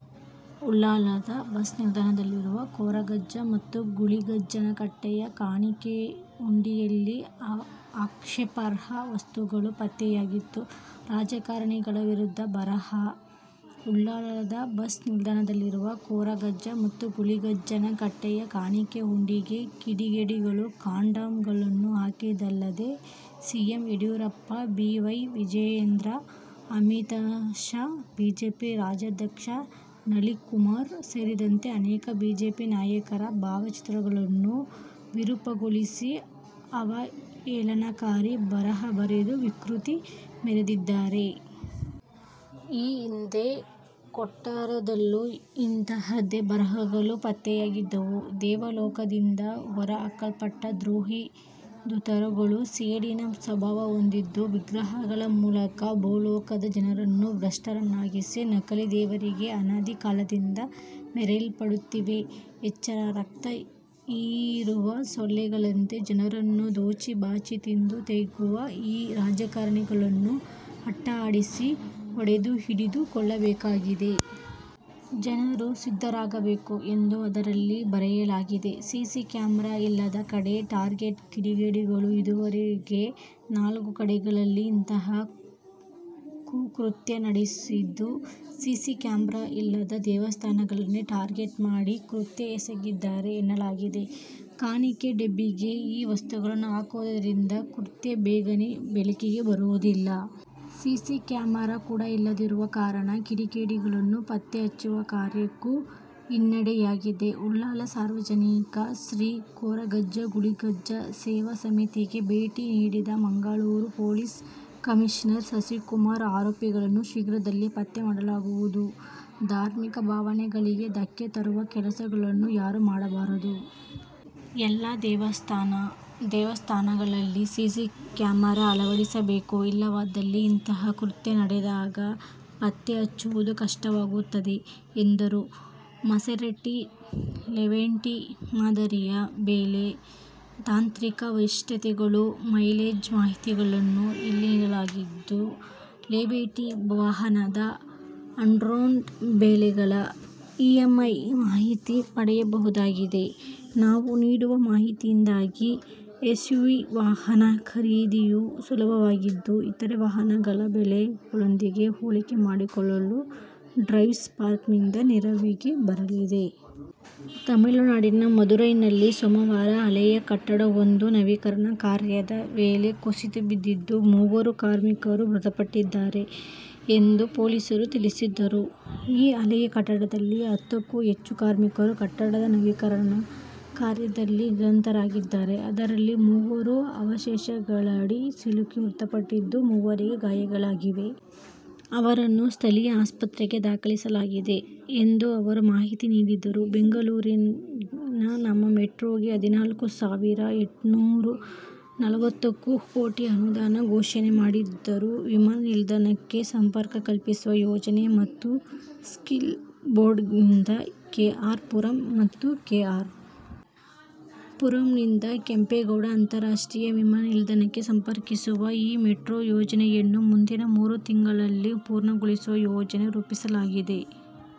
ಉಳ್ಳಾಲದ bus ನಿಲ್ದಾಣದಲ್ಲಿರುವ ಕೊರಗಜ್ಜ ಮತ್ತು ಗುಳಿಗಜ್ಜನ ಕಟ್ಟೆಯ ಕಾಣಿಕೆ ಹುಂಡಿಯಲ್ಲಿ ಆಕ್ಷೇಪಾರ್ಹ ವಸ್ತುಗಳು ಪತ್ತೆಯಾಗಿತ್ತು. ರಾಜಕಾರಣಿಗಳ ವಿರುದ್ಧ ಬರಹ: ಉಳ್ಳಾಲದ ಬಸ್ ನಿಲ್ದಾಣದಲ್ಲಿರುವ ಕೊರಗಜ್ಜ ಮತ್ತು ಗುಳಿಗಜ್ಜನ ಕಟ್ಟೆಯ ಕಾಣಿಕೆ ಹುಂಡಿಗೆ ಕಿಡಿಗೇಡಿಗಳು ಕಾಂಡೋಮ್ ಗಳನ್ನು ಹಾಕಿದ್ದಲ್ಲದೆ, CM Yediyurappa, B. Y. Vijayendra, Amit Shah, BJP ರಾಜ್ಯಾಧ್ಯಕ್ಷ ನಳಿಕ್ ಕುಮಾರ್ ಸೇರಿದಂತೆ ಅನೇಕ ಬಿಜೆಪಿ ನಾಯಕರ ಭಾವ ಚಿತ್ರಗಳನ್ನು ವಿರೂಪಗೊಳಿಸಿ ಅವಹೇಳನಕಾರಿ ಬರಹ ಬರೆದು ವಿಕೃತಿ ಮೆರೆದಿದ್ದಾರೆ. ಈ ಹಿಂದೆ ಕೊಟ್ಟಾರದಲ್ಲೂ ಇಂತಹದೇ ಬರಹಗಳು ಪತ್ತೆಯಾಗಿದ್ದವು. ದೇವಲೋಕದಿಂದ ಹೊರಹಾಕಲ್ಪಟ್ಟ ದ್ರೋಹಿ ದೂತರುಗಳು ಸೇಡಿನ ಸ್ವಭಾವ ಹೊಂದಿದ್ದು ವಿಗ್ರಹಗಳ ಮೂಲಕ ಭೂಲೋಕದ ಜನರನ್ನು ಭ್ರಷ್ಟರನ್ನಾಗಿಸಿ ನಕಲಿ ದೇವರಾಗಿ ಅನಾದಿ ಕಾಲದಿಂದ ಮೆರೆಯಲ್ಪಡುತ್ತಿವೆ, ಎಚ್ಚರ. ರಕ್ತ ಹೀರುವ ಸೊಳ್ಳೆಗಳಂತೆ ಜನರನ್ನು ದೋಚಿ, ಬಾಚಿ ತಿಂದು ತೇಗುವ ಈ ರಾಜಕಾರಣಿಗಳನ್ನು ಅಟ್ಟಾಡಿಸಿ ಹೊಡೆದು, ಹಿಡಿದು ಕೊಲ್ಲಬೇಕಾಗಿದೆ. ಜನರು ಸಿದ್ಧರಾಗಬೇಕು ಎಂದು ಅದರಲ್ಲಿ ಬರೆಯಲಾಗಿದೆ. ಸಿಸಿ ಕ್ಯಾಮರಾ ಇಲ್ಲದ ಕಡೆ ಟಾರ್ಗೆಟ್: ಕಿಡಿಗೇಡಿಗಳು ಇದುವರೆಗೆ ನಾಲ್ಕು ಕಡೆಗಳಲ್ಲಿ ಇಂತಹ ಕುಕೃತ್ಯ ನಡೆಸಿದ್ದು, ಸಿಸಿ ಕ್ಯಾಮರಾ ಇಲ್ಲದ ದೈವಸ್ಥಾನಗಳನ್ನೇ ಟಾರ್ಗೆಟ್ ಮಾಡಿ ಕೃತ್ಯ ಎಸಗಿದ್ದಾರೆ ಎನ್ನಲಾಗಿದೆ. ಕಾಣಿಕೆ ಡಬ್ಬಿಗೆ ಈ ವಸ್ತುಗಳನ್ನು ಹಾಕುವುದರಿಂದ ಕೃತ್ಯ ಬೇಗನೇ ಬೆಳಕಿಗೆ ಬರುವುದಿಲ್ಲ. ಸಿಸಿ ಕ್ಯಾಮರಾ ಕೂಡಾ ಇಲ್ಲದಿರುವ ಕಾರಣ ಕಿಡಿಗೇಡಿಗಳನ್ನು ಪತ್ತೆ ಹಚ್ಚುವ ಕಾರ್ಯಕ್ಕೂ ಹಿನ್ನಡೆಯಾಗಿದೆ. ಉಳ್ಳಾಲ ಸಾರ್ವಜನಿಕ ಶ್ರೀ ಕೊರಗಜ್ಜ, ಗುಳಿಗಜ್ಜ ಸೇವಾ ಸಮಿತಿಗೆ ಭೇಟಿ ನೀಡಿದ ಮಂಗಳೂರು ಪೊಲೀಸ್ ಕಮಿಷನರ್ ಶಶಿಕುಮಾರ್, ಆರೋಪಿಗಳನ್ನು ಶೀಘ್ರದಲ್ಲಿ ಪತ್ತೆ ಮಾಡಲಾಗುವುದು. ಧಾರ್ಮಿಕ ಭಾವನೆಗಳಿಗೆ ಧಕ್ಕೆ ತರುವ ಕೆಲಸಗಳನ್ನು ಯಾರೂ ಮಾಡಬಾರದು. ಎಲ್ಲಾ ದೇವಸ್ಥಾನ/ ದೈವಸ್ಥಾನಗಳಲ್ಲಿ ಸಿಸಿ ಕ್ಯಾಮರಾ ಅಳವಡಿಸಬೇಕು ಇಲ್ಲವಾದಲ್ಲಿ ಇಂತಹ ಕೃತ್ಯ ನಡೆದಾಗ ಪತ್ತೆ ಹಚ್ಚುವುದು ಕಷ್ಟವಾಗುತ್ತದೆ ಎಂದರು. ಮಸೆರಟಿ ಲೆವೆಂಟೆ ಮಾದರಿಯ ಬೆಲೆ, ತಾಂತ್ರಿಕ ವೈಶಿಷ್ಟ್ಯತೆಗಳು, ಮೈಲೇಜ್ ಮಾಹಿತಿಯನ್ನು ಇಲ್ಲಿ ನೀಡಲಾಗಿದ್ದು, ಲೆವೆಂಟೆ ವಾಹನದ ಆನ್ರೋಡ್ ಬೆಲೆಗಳ ಇಎಂಐ ಮಾಹಿತಿ ಪಡೆಯಬಹುದಾಗಿದೆ. ನಾವು ನೀಡುವ ಮಾಹಿತಿಯಿಂದಾಗಿ ಎಸ್ಯುವಿ ವಾಹನ ಖರೀದಿಯು ಸುಲಭವಾಗಲಿದ್ದು, ಇತರೆ ವಾಹನಗಳ ಬೆಲೆಗಳೊಂದಿಗೆ ಹೋಲಿಕೆ ಮಾಡಿಕೊಳ್ಳಲು ಡ್ರೈವ್ಸ್ ಪಾರ್ಕ್ ನಿಮ್ಮ ನೆರವಿಗೆ ಬರಲಿದೆ. ತಮಿಳುನಾಡಿನ ಮಧುರೈನಲ್ಲಿ ಸೋಮವಾರ ಹಳೆಯ ಕಟ್ಟಡವೊಂದು ನವೀಕರಣ ಕಾರ್ಯದ ವೇಳೆ ಕುಸಿದು ಬಿದ್ದಿದ್ದು, ಮೂವರು ಕಾರ್ಮಿಕರು ಮೃತಪಟ್ಟಿದ್ದಾರೆ ಎಂದು ಪೊಲೀಸರು ತಿಳಿಸಿದರು. ಈ ಹಳೆಯ ಕಟ್ಟಡದಲ್ಲಿ ಹತ್ತಕ್ಕೂ ಹೆಚ್ಚು ಕಾರ್ಮಿಕರು ಕಟ್ಟಡದ ನವೀಕರಣ ಕಾರ್ಯದಲ್ಲಿ ನಿರತರಾಗಿದ್ದರು. ಅದರಲ್ಲಿ ಮೂವರು ಅವಶೇಷಗಳಡಿ ಸಿಲುಕಿ ಮೃತಪಟ್ಟಿದ್ದು, ಮೂವರಿಗೆ ಗಾಯಗಳಾಗಿವೆ. ಅವರನ್ನು ಸ್ಥಳೀಯ ಆಸ್ಪತ್ರೆಗೆ ದಾಖಲಿಸಲಾಗಿದೆ' ಎಂದು ಅವರು ಮಾಹಿತಿ ನೀಡಿದರು. ಬೆಂಗಳೂರಿನ 'ನಮ್ಮ ಮೆಟ್ರೋ'ಗೆ ಹದಿನಾಲ್ಕು ಸಾವಿರದ ಎಂಟ್ನೂರ ನಲವತ್ನಾಲ್ಕು ಕೋಟಿ ಅನುದಾನ ಘೋಷಣೆ ಮಾಡಿದ್ದಾರೆ. ವಿಮಾನ ನಿಲ್ದಾಣಕ್ಕೆ ಸಂಪರ್ಕ ಕಲ್ಪಿಸುವ ಯೋಜನೆ ಮತ್ತು ಸಿಲ್ಕ್ ಬೋರ್ಡ್ನಿಂದ ಕೆ. ಆರ್. ಪುರಂ ಮತ್ತು ಕೆ. ಆರ್. ಪುರಂನಿಂದ ಕೆಂಪೇಗೌಡ ಅಂತಾರಾಷ್ಟ್ರೀಯ ವಿಮಾನ ನಿಲ್ದಾಣಕ್ಕೆ ಸಂಪರ್ಕಿಸುವ ಈ ಮೆಟ್ರೋ ಯೋಜನೆಯನ್ನು ಮುಂದಿನ ಮೂರು ತಿಂಗಳಲ್ಲಿ ಪೂರ್ಣಗೊಳಿಸುವ ಯೋಜನೆ ರೂಪಿಸಲಾಗಿದೆ.